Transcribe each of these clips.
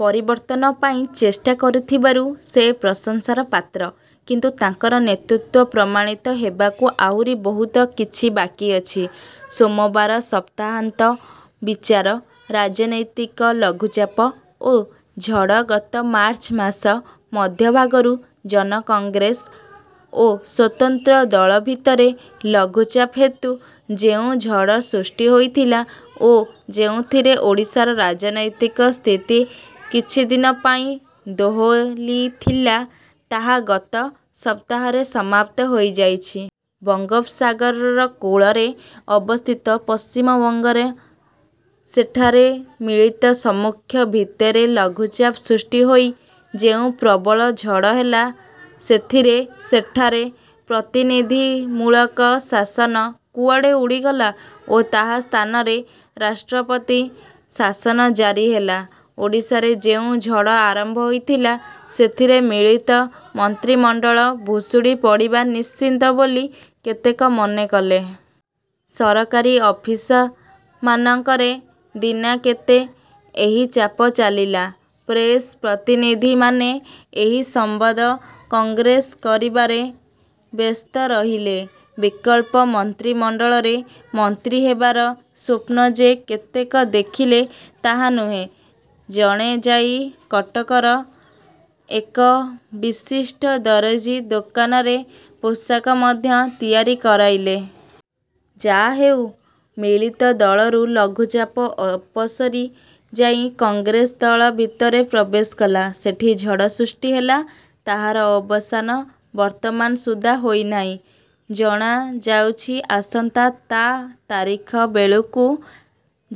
ପରିବର୍ତ୍ତନ ପାଇଁ ଚେଷ୍ଟା କରୁଥିବାରୁ ସେ ପ୍ରଶଂସାର ପାତ୍ର; କିନ୍ତୁ ତାଙ୍କର ନେତୃତ୍ୱ ପ୍ରମାଣିତ ହେବାକୁ ଆହୁରି ବହୁତ କିଛି ବାକି ଅଛି। ସୋମବାର ସପ୍ତାହାନ୍ତ ବିଚାର, ରାଜନୈତିକ ଲଘୁଚାପ ଓ ଝଡ଼ ଗତ ମାର୍ଚ୍ଚ ମାସ ମଧ୍ୟଭାଗରୁ ଜନ-କଂଗ୍ରେସ ଓ ସ୍ୱତନ୍ତ୍ର ଦଳ ଭିତରେ ଲଘୁଚାପ ହେତୁ ଯେଉଁ ଝଡ଼ ସୃଷ୍ଟି ହୋଇଥିଲା ଓ ଯେଉଁଥିରେ ଓଡ଼ିଶାର ରାଜନୈତିକ ସ୍ଥିତି କିଛିଦିନ ପାଇଁ ଦୋହଲିଥିଲା, ତାହା ଗତ ସପ୍ତାହରେ ସମାପ୍ତ ହୋଇଯାଇଛି। ବଙ୍ଗୋପସାଗରର କୂଳରେ ଅବସ୍ଥିତ ପଶ୍ଚିମବଙ୍ଗରେ ସେଠାରେ ମିଳିତ ସାମ୍ମୁଖ୍ୟ ଭିତରେ ଲଘୁଚାପ ସୃଷ୍ଟି ହୋଇ ଯେଉଁ ପ୍ରବଳ ଝଡ଼ ହେଲା, ସେଥିରେ ସେଠାରେ ପ୍ରତିନିଧିମୂଳକ ଶାସନ କୁଆଡ଼େ ଉଡ଼ିଗଲା ଓ ତାହା ସ୍ଥାନରେ ରାଷ୍ଟ୍ରପତି ଶାସନ ଜାରି ହେଲା। ଓଡ଼ିଶାରେ ଯେଉଁ ଝଡ଼ ଆରମ୍ଭ ହୋଇଥିଲା, ସେଥିରେ ମିଳିତ ମନ୍ତ୍ରିମଣ୍ଡଳ ଭୁଷୁଡ଼ି ପଡ଼ିବା ନିଶ୍ଚିତ ବୋଲି କେତେକ ମନେକଲେ। ସରକାରୀ ଅଫିସମାନଙ୍କରେ ଦିନାକେତେ ଏହି ଚାପ ଚାଲିଲା। ପ୍ରେସ ପ୍ରତିନିଧିମାନେ ଏହି ସମ୍ବାଦ ସଂଗ୍ରହ କରିବାରେ ବ୍ୟସ୍ତ ରହିଲେ। ବିକଳ୍ପ ମନ୍ତ୍ରିମଣ୍ଡଳରେ ମନ୍ତ୍ରୀ ହେବାର ସ୍ୱପ୍ନ ଯେ କେତେକ ଦେଖିଲେ ତାହା ନୁହେଁ, ଜଣେ ଯାଇ କଟକର ଏକ ବିଶିଷ୍ଟ ଦରଜି ଦୋକାନରେ ପୋଷାକ ମଧ୍ୟ ତିଆରି କରାଇଲେ। ଯାହାହେଉ ମିଳିତ ଦଳରୁ ଲଘୁଚାପ ଅପସରି ଯାଇ କଂଗ୍ରେସ ଦଳ ଭିତରେ ପ୍ରବେଶ କଲା। ସେଠି ଝଡ଼ ସୃଷ୍ଟି ହେଲା। ତାହାର ଅବସାନ ବର୍ତ୍ତମାନ ସୁଦ୍ଧା ହୋଇନାହିଁ। ଶୁଣାଯାଉଛି ଆସନ୍ତା ତା ତାରିଖ ବେଳକୁ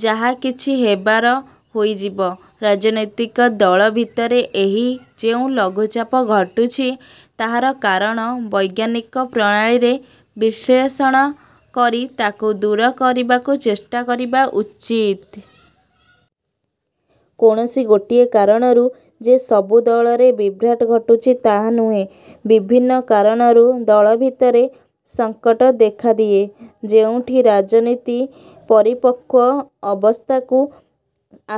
ଯାହା କିଛି ହେବାର ହୋଇଯିବ। ରାଜନୈତିକ ଦଳ ଭିତରେ ଏହି ଯେଉଁ ଲଘୁଚାପ ଘଟୁଛି ତାହାର କାରଣ ବୈଜ୍ଞାନିକ ପ୍ରଣାଳୀରେ ବିଶ୍ଳେଷଣ କରି ତାକୁ ଦୂର କରିବାକୁ ଚେଷ୍ଟା କରିବା ଉଚିତ। କୌଣସି ଗୋଟିଏ କାରଣରୁ ଯେ ସବୁ ଦଳରେ ବିଭ୍ରାଟ ଘଟୁଛି, ତାହା ନୁହେଁ। ବିଭିନ୍ନ କାରଣରୁ ଦଳ ଭିତରେ ସଂକଟ ଦେଖାଦିଏ। ଯେଉଁଠି ରାଜନୀତି ପରିପକ୍ୱ ଅବସ୍ଥାକୁ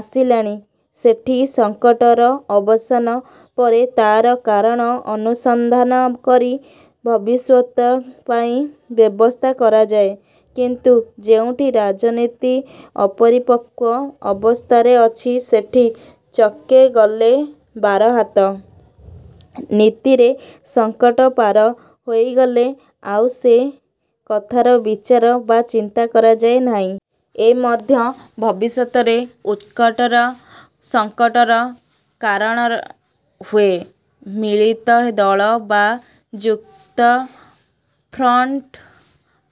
ଆସିଲାଣି, ସେଠି ସଂକଟର ଅବସାନ ପରେ ତା'ର କାରଣ ଅନୁସନ୍ଧାନ କରି ଭବିଷ୍ୟତ ପାଇଁ ବ୍ୟବସ୍ଥା କରାଯାଏ; କିନ୍ତୁ ଯେଉଁଠି ରାଜନୀତି ଅପରିପକ୍ୱ ଅବସ୍ଥାରେ ଅଛି ସେଠି ''ଚକେ ଗଲେ ବାରହାତ'' ନୀତିରେ ସଂକଟ ପାର ହୋଇଗଲେ ଆଉ ସେ କଥାର ବିଚାର ବା ଚିନ୍ତା କରାଯାଏ ନାହିଁ। ଏ ମଧ୍ୟ ଭବିଷ୍ୟତରେ ଉତ୍କଟତର ସଂକଟର କାରଣ ହୁଏ। ମିଳିତ ଦଳ ବା ଯୁକ୍ତଫ୍ରଣ୍ଟ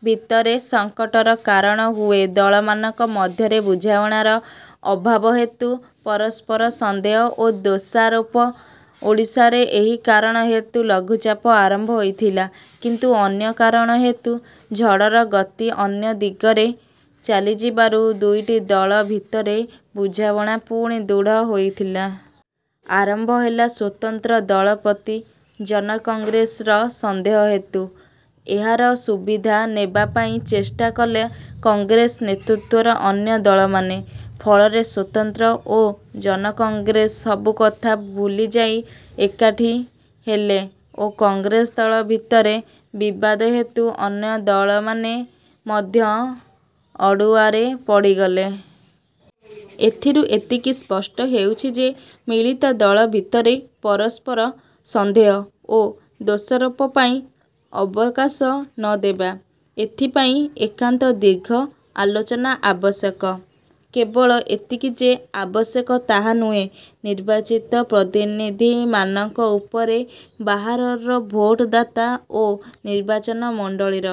ଭିତରେ ସଂକଟର କାରଣ ହୁଏ ଦଳମାନଙ୍କ ମଧ୍ୟରେ ବୁଝାମଣାର ଅଭାବ ହେତୁ ପରସ୍ପର ସନ୍ଦେହ ଓ ଦୋଷାରୋପ। ଓଡ଼ିଶାରେ ଏହି କାରଣ ହେତୁ ଲଘୁଚାପ ଆରମ୍ଭ ହୋଇଥିଲା; କିନ୍ତୁ ଅନ୍ୟ କାରଣ ହେତୁ ଝଡ଼ର ଗତି ଅନ୍ୟ ଦିଗରେ ଚାଲିଯିବାରୁ ଦୁଇଟି ଦଳ ଭିତରେ ବୁଝାମଣା ପୁଣି ଦୃଢ଼ ହୋଇଥିଲା। ଆରମ୍ଭ ହେଲା ସ୍ୱତନ୍ତ୍ର ଦଳ ପ୍ରତି ଜନକଂଗ୍ରେସର ସନ୍ଦେହ ହେତୁ। ଏହାର ସୁବିଧା ନେବାପାଇଁ ଚେଷ୍ଟା କଲେ କଂଗ୍ରେସ ନେତୃତ୍ୱରେ ଅନ୍ୟ ଦଳମାନେ। ଫଳରେ ସ୍ୱତନ୍ତ୍ର ଓ ଜନକଂଗ୍ରେସ ସବୁକଥା ଭୁଲିଯାଇ ଏକାଠି ହେଲେ ଓ କଂଗ୍ରେସ ଦଳ ଭିତରେ ବିବାଦ ହେତୁ ଅନ୍ୟ ଦଳମାନେ ମଧ୍ୟ ଅଡ଼ୁଆରେ ପଡ଼ିଗଲେ। ଏଥିରୁ ଏତିକି ସ୍ପଷ୍ଟ ହେଉଛି ଯେ ମିଳିତ ଦଳ ଭିତରେ ପରସ୍ପର ସନ୍ଦେହ ଓ ଦୋଷାରୋପ ପାଇଁ ଅବକାଶ ନ ଦେବା। ଏଥିପାଇଁ ଏକାନ୍ତ ଦୀର୍ଘ ଆଲୋଚନା ଆବଶ୍ୟକ। କେବଳ ଏତିକି ଯେ ଆବଶ୍ୟକ ତାହା ନୁହେଁ। ନିର୍ବାଚିତ ପ୍ରତିନିଧିମାନଙ୍କ ଉପରେ ବାହାରର ଭୋଟଦାତା ଓ ନିର୍ବାଚନ ମଣ୍ଡଳୀର